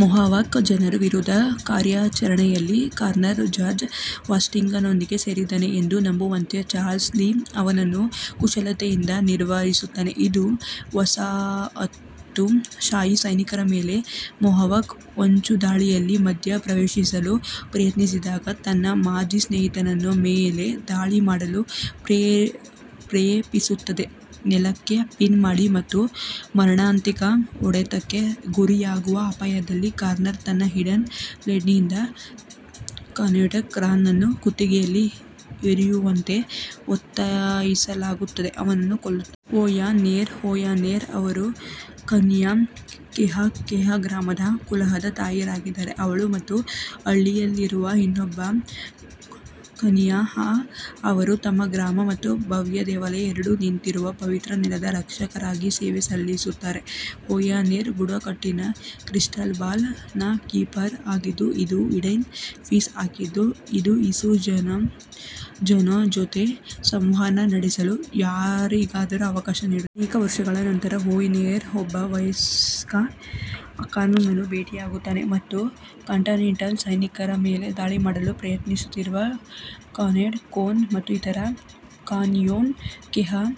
Mohawk ಜನರ ವಿರುದ್ಧದ ಕಾರ್ಯಾಚರಣೆಯಲ್ಲಿ ಕಾನರ್ ಜಾರ್ಜ್ ವಾಷಿಂಗ್ಟನ್ನೊಂದಿಗೆ ಸೇರಿದ್ದಾನೆ ಎಂದು ನಂಬುವಂತೆ ಚಾರ್ಲ್ಸ್ ಲೀ ಅವನನ್ನು ಕುಶಲತೆಯಿಂದ ನಿರ್ವಹಿಸುತ್ತಾನೆ, ಇದು ವಸಾಹತುಶಾಹಿ ಸೈನಿಕರ ಮೇಲೆ ಮೊಹಾವ್ಕ್ ಹೊಂಚುದಾಳಿಯಲ್ಲಿ ಮಧ್ಯಪ್ರವೇಶಿಸಲು ಪ್ರಯತ್ನಿಸಿದಾಗ ತನ್ನ ಮಾಜಿ ಸ್ನೇಹಿತನ ಮೇಲೆ ದಾಳಿ ಮಾಡಲು ಪ್ರೇರೇಪಿಸುತ್ತದೆ. ನೆಲಕ್ಕೆ ಪಿನ್ ಮಾಡಿ ಮತ್ತು ಮಾರಣಾಂತಿಕ ಹೊಡೆತಕ್ಕೆ ಗುರಿಯಾಗುವ ಅಪಾಯದಲ್ಲಿ, ಕಾನರ್ ತನ್ನ ಹಿಡನ್ ಬ್ಲೇಡ್ನಿಂದ ಕಾನೆನ್ಟೋ ಕಾನ್ರನ್ನು ಕುತ್ತಿಗೆಯಲ್ಲಿ ಇರಿಯುವಂತೆ ಒತ್ತಾಯಿಸಲಾಗುತ್ತದೆ, ಅವನನ್ನು ಕೊಲ್ಲುತ್ತಾನೆ. ಓಯಾ ನೆರ್ ಓಯಾ ನೆರ್ ಅವರು ಕನಿಯೆನ್ ಕೆಹಾಃ ಕಾ ಗ್ರಾಮದ ಕುಲದ ತಾಯಿಯಾಗಿದ್ದಾರೆ. ಅವಳು ಮತ್ತು ಹಳ್ಳಿಯಲ್ಲಿರುವ ಇನ್ನೊಬ್ಬ ಕನಿನ್ಖೇಹಾಃ ಕಾ ಅವರು ತಮ್ಮ ಗ್ರಾಮ ಮತ್ತು ಭವ್ಯ ದೇವಾಲಯ ಎರಡೂ ನಿಂತಿರುವ ಪವಿತ್ರ ನೆಲದ ರಕ್ಷಕರಾಗಿ ಸೇವೆ ಸಲ್ಲಿಸುತ್ತಾರೆ. ಓಯಾ ನೆರ್ ಬುಡಕಟ್ಟಿನ "ಕ್ರಿಸ್ಟಲ್ ಬಾಲ್" ನ ಕೀಪರ್ ಆಗಿದ್ದು, ಇದು ಈಡನ್ ಪೀಸ್ ಆಗಿದ್ದು, ಇದು ಇಸು ಜುನೋ ಜೊತೆ ಸಂವಹನ ನಡೆಸಲು ಯಾರಿಗಾದರೂ ಅವಕಾಶ ನೀಡುತ್ತದೆ. ಅನೇಕ ವರ್ಷಗಳ ನಂತರ, ಓಯಾ ನೆರ್ ಒಬ್ಬ ವಯಸ್ಕ ಕಾನರ್ನನ್ನು ಭೇಟಿಯಾಗುತ್ತಾನೆ ಮತ್ತು ಕಾಂಟಿನೆಂಟಲ್ ಸೈನಿಕರ ಮೇಲೆ ದಾಳಿ ಮಾಡಲು ಪ್ರಯತ್ನಿಸುತ್ತಿರುವ ಕಾನೆನ್ಟೋ ಕೋನ್ ಮತ್ತು ಇತರ ಕಾನಿಯೆನ್ ಕೆಹಾಃ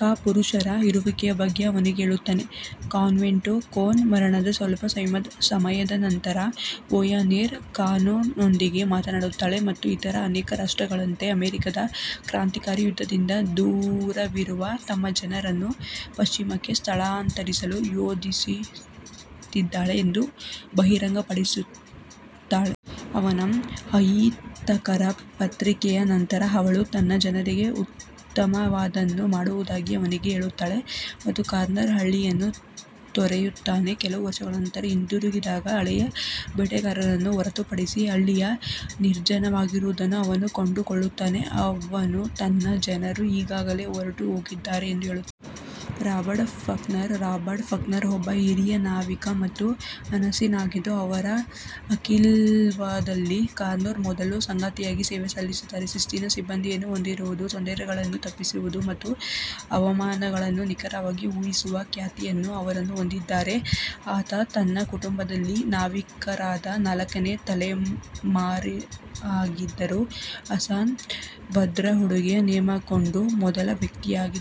ಕಾ ಪುರುಷರ ಇರುವಿಕೆಯ ಬಗ್ಗೆ ಅವನಿಗೆ ಹೇಳುತ್ತಾನೆ. ಕಾನೆಂಟೋ ಕೋನ್ನ ಮರಣದ ಸ್ವಲ್ಪ ಸಮಯದ ನಂತರ, ಓಯಾ ನೆರ್ ಕಾನರ್ನೊಂದಿಗೆ ಮಾತನಾಡುತ್ತಾಳೆ ಮತ್ತು ಇತರ ಅನೇಕ ರಾಷ್ಟ್ರಗಳಂತೆ, ಅಮೆರಿಕಾದ ಕ್ರಾಂತಿಕಾರಿ ಯುದ್ಧದಿಂದ ದೂರವಿರುವ ತಮ್ಮ ಜನರನ್ನು ಪಶ್ಚಿಮಕ್ಕೆ ಸ್ಥಳಾಂತರಿಸಲು ಯೋಜಿಸುತ್ತಿದ್ದಾಳೆ ಎಂದು ಬಹಿರಂಗಪಡಿಸುತ್ತಾಳೆ. ಅವನ ಅಹಿತಕರ ಪ್ರತಿಕ್ರಿಯೆಯ ನಂತರ, ಅವಳು ತನ್ನ ಜನರಿಗೆ ಉತ್ತಮವಾದದ್ದನ್ನು ಮಾಡುವುದಾಗಿ ಅವನಿಗೆ ಹೇಳುತ್ತಾಳೆ ಮತ್ತು ಕಾನರ್ ಹಳ್ಳಿಯನ್ನು ತೊರೆಯುತ್ತಾನೆ. ಕೆಲವು ವರ್ಷಗಳ ನಂತರ ಹಿಂದಿರುಗಿದಾಗ, ಹಳೆಯ ಬೇಟೆಗಾರನನ್ನು ಹೊರತುಪಡಿಸಿ ಹಳ್ಳಿಯು ನಿರ್ಜನವಾಗಿರುವುದನ್ನು ಅವನು ಕಂಡುಕೊಳ್ಳುತ್ತಾನೆ, ಅವನು ತನ್ನ ಜನರು ಈಗಾಗಲೇ ಹೊರಟುಹೋಗಿದ್ದಾರೆ ಎಂದು ಹೇಳುತ್ತಾನೆ. ರಾಬರ್ಟ್ ಫಾಕ್ನರ್ ರಾಬರ್ಟ್ ಫಾಕ್ನರ್ ಒಬ್ಬ ಹಿರಿಯ ನಾವಿಕ ಮತ್ತು ಅಸ್ಸಾಸಿನ್ ಆಗಿದ್ದು, ಅವರು ಅಕ್ವಿಲಾದಲ್ಲಿ ಕಾನರ್ನ ಮೊದಲ ಸಂಗಾತಿಯಾಗಿ ಸೇವೆ ಸಲ್ಲಿಸುತ್ತಾರೆ. ಶಿಸ್ತಿನ ಸಿಬ್ಬಂದಿಯನ್ನು ಹೊಂದಿರುವುದು, ತೊಂದರೆಗಳನ್ನು ತಪ್ಪಿಸುವುದು ಮತ್ತು ಹವಾಮಾನವನ್ನು ನಿಖರವಾಗಿ ಊಹಿಸುವ ಖ್ಯಾತಿಯನ್ನು ಅವರು ಹೊಂದಿದ್ದಾರೆ. ಆತ ತನ್ನ ಕುಟುಂಬದಲ್ಲಿ ನಾವಿಕರಾದ ನಾಲ್ಕನೇ ತಲೆಮಾರಾಗಿದ್ದರೂ, ಅಸ್ಸಾಸಿನ್ ಬ್ರದರ್ಹುಡ್ಗೆ ನೇಮಕಗೊಂಡ ಮೊದಲ ವ್ಯಕ್ತಿಯಾಗಿದ್ದಾರೆ.